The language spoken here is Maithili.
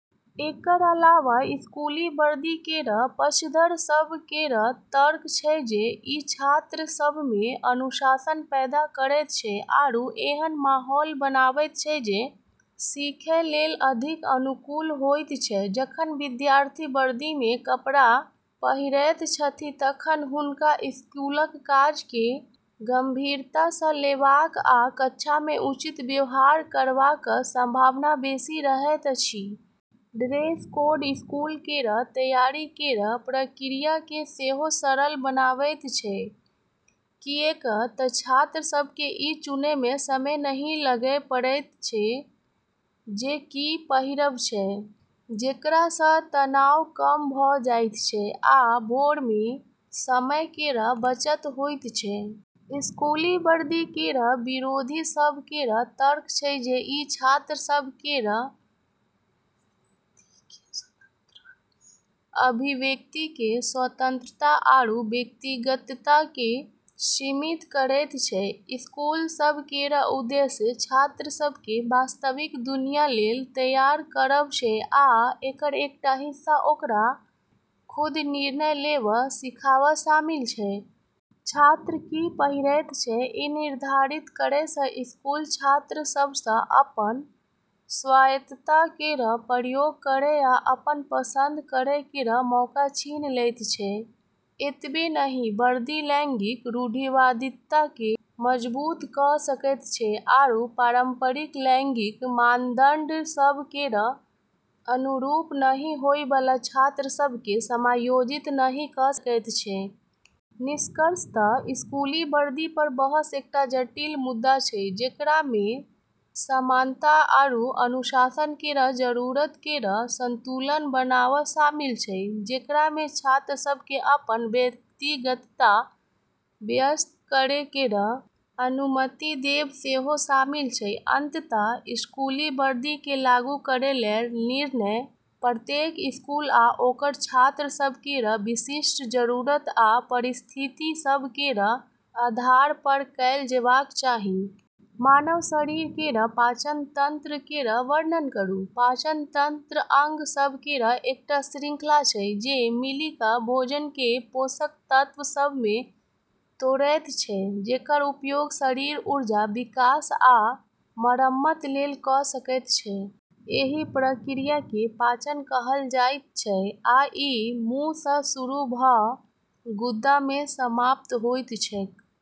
एकर अलावा स्कूली वर्दी केर पक्षधर सभ केर तर्क छै जे ई छात्र सभमे अनुशासन पैदा करैत छै आरू एहन माहौल बनाबैत छै जे सीखै लेल अधिक अनुकूल होइत छै। जखन विद्यार्थी वर्दीमे कपड़ा पहिरैत छथि तखन हुनका स्कूलक काजकेँ गंभीरतासँ लेबाक आ कक्षामे उचित व्यवहार करबाक संभावना बेसी रहैत छनि। ड्रेस कोड स्कूल केर तैयारी केर प्रक्रियाकेँ सेहो सरल बनाबैत छै, किऐक तऽ छात्र सभकेँ ई चुनैमे समय नहि लगै पड़ैत छै जे की पहिरब छै, जेकरासँ तनाव कम भऽ जाइत छै आ भोरमे समय केर बचत होइत छै। स्कूली वर्दी केर विरोधी सभ केर तर्क छै जे ई छात्र सभ केर अभिव्यक्तिकेँ स्वतंत्रता आरू व्यक्तिगतताकेँ सीमित करैत छै। स्कूल सभ केर उद्देश्य छात्र सभकेँ वास्तविक दुनिया लेल तैयार करब छै, आ एकर एकटा हिस्सा ओकरा खुद निर्णय लेब सिखाब शामिल छै। छात्र की पहिरैत छै, ई निर्धारित करैसँ स्कूल छात्र सभसँ अपन स्वायत्तता केर प्रयोग करै आ अपन पसंद करै केर मौका छीन लैत छै। एतबे नहि, वर्दी लैंगिक रूढ़िवादिताकेँ मजबूत कऽ सकैत छै आरू पारंपरिक लैंगिक मानदंड सभ केर अनुरूप नहि होइवाला छात्र सभकेँ समायोजित नहि कऽ सकैत छै। निष्कर्षतः: स्कूली वर्दीपर बहस एकटा जटिल मुद्दा छै जेकरामे समानता आरू अनुशासन केर जरूरत केर संतुलन बनाब शामिल छै, जेकरामे छात्र सभकेँ अपन व्यक्तिगतता व्यक्त करै केर अनुमति देब सेहो शामिल छै। अंततः स्कूली वर्दीकेँ लागू करै केर निर्णय प्रत्येक स्कूल आ ओकर छात्र सभ केर विशिष्ट जरूरत आ परिस्थिति सभ केर आधारपर कएल जेबाक चाही। मानव शरीर केर पाचन तंत्र केर वर्णन करू। पाचन तंत्र अंग सभ केर एकटा श्रृंखला छै जे मिलि कऽ भोजनकेँ पोषक तत्व सभमे तोड़ैत छै जेकर उपयोग शरीर ऊर्जा, विकास आ मरम्मत लेल कऽ सकैत छै। एहि प्रक्रियाकेँ पाचन कहल जाइत छैक, आ ई मुँहसँ शुरू भऽ गुदामे समाप्त होइत छैक।